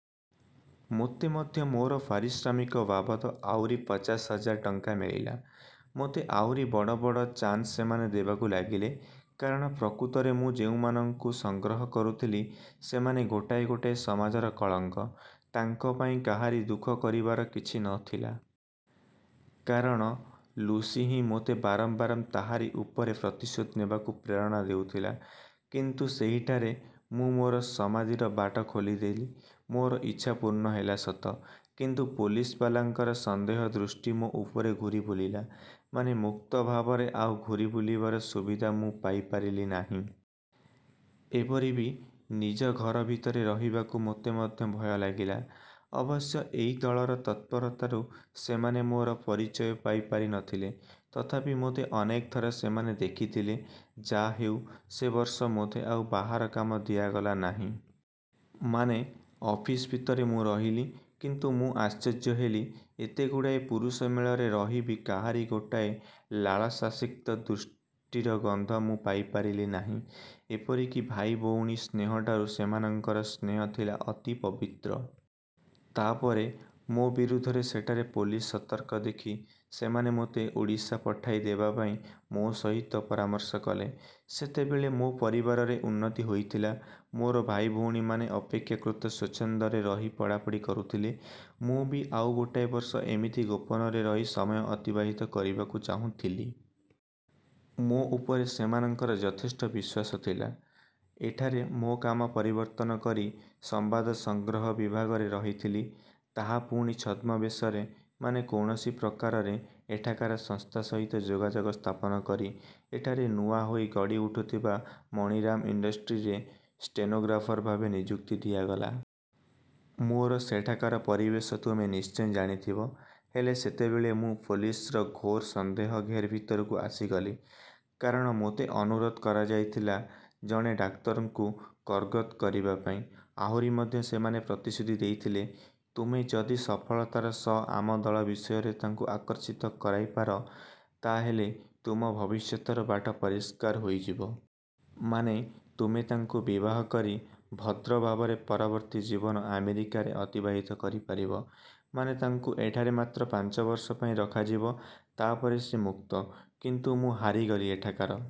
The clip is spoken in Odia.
ମୋତେ ମଧ୍ୟ ମୋର ପାରିଶ୍ରମିକ ବାବଦ ଆହୁରି ପଚାଶ ହଜାର ଟଙ୍କା ମିଳିଲା। ମୋତେ ଆହୁରି ବଡ଼ ବଡ଼ ଚାନ୍ସ ସେମାନେ ଦେବାକୁ ଲାଗିଲେ। କାରଣ, ପ୍ରକୃତରେ ମୁଁ ଯେଉଁମାନଙ୍କୁ ସଂଗ୍ରହ କରୁଥିଲି, ସେମାନେ ଗୋଟାଏ ଗୋଟାଏ ସମାଜର କଳଙ୍କ। ତାଙ୍କ ପାଇଁ କାହାରି ଦୁଃଖ କରିବାର କିଛି ନ ଥିଲା। କାରଣ ଲୁସି ହିଁ ମୋତେ ବାରମ୍ବାର ତାହାରି ଉପରେ ପ୍ରତିଶୋଧ ନେବାକୁ ପ୍ରେରଣା ଦେଉଥିଲା। କିନ୍ତୁ ସେହିଠାରେ ମୁଁ ମୋର ସମାଧିର ବାଟ ଖୋଲିଦେଲି। ମୋର ଇଚ୍ଛା ପୂର୍ଣ୍ଣ ହେଲା ସତ; କିନ୍ତୁ ପୋଲିସବାଲାଙ୍କର ସନ୍ଦେହ ଦୃଷ୍ଟି ମୋ ଉପରେ ଘୂରି ବୁଲିଲା। ମାନେ, ମୁକ୍ତ ଭାବରେ ଆଉ ଘୂରି ବୁଲିବାର ସୁବିଧା ମୁଁ ପାଇପାରିଲି ନାହିଁ। ଏପରି ବି ନିଜ ଘର ଭିତରେ ରହିବାକୁ ମୋତେ ମଧ୍ୟ ଭୟ ଲାଗିଲା। ଅବଶ୍ୟ ଏହି ଦଳର ତତ୍ପରତାରୁ ସେମାନେ ମୋର ପରିଚୟ ପାଇ ପାରି ନ ଥିଲେ। ତଥାପି ମୋତେ ଅନେକଥର ସେମାନେ ଦେଖିଥିଲେ। ଯାହା ହେଉ, ସେ ବର୍ଷ ମୋତେ ଆଉ ବାହାର କାମ ଦିଆଗଲା ନାହିଁ। ମାନେ, ଅଫିସ ଭିତରେ ମୁଁ ରହିଲି। କିନ୍ତୁ ମୁଁ ଆଶ୍ଚର୍ଯ୍ୟ ହେଲି, ଏତେଗୁଡ଼ାଏ ପୁରୁଷ ମେଳରେ ରହି ବି କାହାରି ଗୋଟାଏ ଲାଳସାସିକ୍ତ ଦୃଷ୍ଟିର ଗନ୍ଧ ମୁଁ ପାଇ ପାରିଲି ନାହିଁ। ଏପରି କି ଭାଇ ଭଉଣୀର ସ୍ନେହଠାରୁ ସେମାନଙ୍କର ସ୍ନେହ ଥିଲା ଅତି ପବିତ୍ର। ତା ପରେ ମୋ ବିରୁଦ୍ଧରେ ସେଠାରେ ପୋଲିସ ସତର୍କ ଦେଖି, ସେମାନେ ମୋତେ ଓଡ଼ିଶା ପଠାଇ ଦେବା ପାଇଁ ମୋ ସହିତ ପରାମର୍ଶ କଲେ। ସେତେବେଳେ ମୋ ପରିବାରରେ ଉନ୍ନତି ହୋଇଥିଲା। ମୋର ଭାଇ, ଭଉଣୀମାନେ ଅପେକ୍ଷାକୃତ ସ୍ୱଚ୍ଛନ୍ଦରେ ରହି ପଢ଼ାପଢ଼ି କରୁଥିଲେ। ମୁଁ ବି ଆଉ ଗୋଟାଏ ବର୍ଷ ଏମିତି ଗୋପନରେ ରହି ସମୟ ଅତିବାହିତ କରିବାକୁ ଚାହୁଁଥିଲି। ମୋ ଉପରେ ସେମାନଙ୍କର ଯଥେଷ୍ଟ ବିଶ୍ୱାସ ଥିଲା। ଏଠାରେ ମୋ କାମ ପରିବର୍ତ୍ତନ କରି ସମ୍ବାଦ ସଂଗ୍ରହ ବିଭାଗରେ ରହିଥିଲି। ତାହା ପୁଣି ଛଦ୍ମବେଶରେ। ମାନେ, କୌଣସି ପ୍ରକାରେ ଏଠାକାର ସଂସ୍ଥା ସହିତ ଯୋଗଯୋଗ ସ୍ଥାପନ କରି, ଏଠାରେ ନୂଆ ହୋଇ ଗଢ଼ି ଉଠୁଥିବା ମଣିରାମ ଇଣ୍ଡଷ୍ଟ୍ରିଜରେ ଷ୍ଟେନୋଗ୍ରାଫର୍ ଭାବରେ ନିଯୁକ୍ତି ଦିଆଗଲା। ମୋର ସେଠାକାର ପରିବେଶ ତୁମେ ନିଶ୍ଚୟ ଜାଣିଥିବ। ହେଲେ, ସେତେବେଳେ ମୁଁ ପୋଲିସର ଘୋର ସନ୍ଦେହ ଘେର ଭିତରକୁ ଆସିଗଲି। କାରଣ ମୋତେ ଅନୁରୋଧ କରାଯାଇଥିଲା ଜଣେ ଡାକ୍ଟରଙ୍କୁ କରଗତ କରିବା ପାଇଁ। ଆହୁରି ମଧ୍ୟ ସେମାନେ ପ୍ରତିଶ୍ରୁତି ଦେଇଥିଲେ—ତୁମେ ଯଦି ସଫଳତାର ସହ ଆମ ଦଳ ବିଷୟରେ ତାଙ୍କୁ ଆକର୍ଷିତ କରାଇପାର, ତା ହେଲେ ତୁମ ଭବିଷ୍ୟତର ବାଟ ପରିଷ୍କାର ହୋଇଯିବ। ମାନେ, ତୁମେ ତାଙ୍କୁ ବିବାହ କରି ଭଦ୍ର ଭାବରେ ପରବର୍ତ୍ତୀ ଜୀବନ ଆମେରିକାରେ ଅତିବାହିତ କରିପାରିବ। ମାନେ, ତାଙ୍କୁ ଏଠାରେ ମାତ୍ର ପାଞ୍ଚ ବର୍ଷ ପାଇଁ ରଖାଯିବ। ତା ପରେ ସେ ମୁକ୍ତ। କିନ୍ତୁ ମୁଁ ହାରିଗଲି। ଏଠାକାର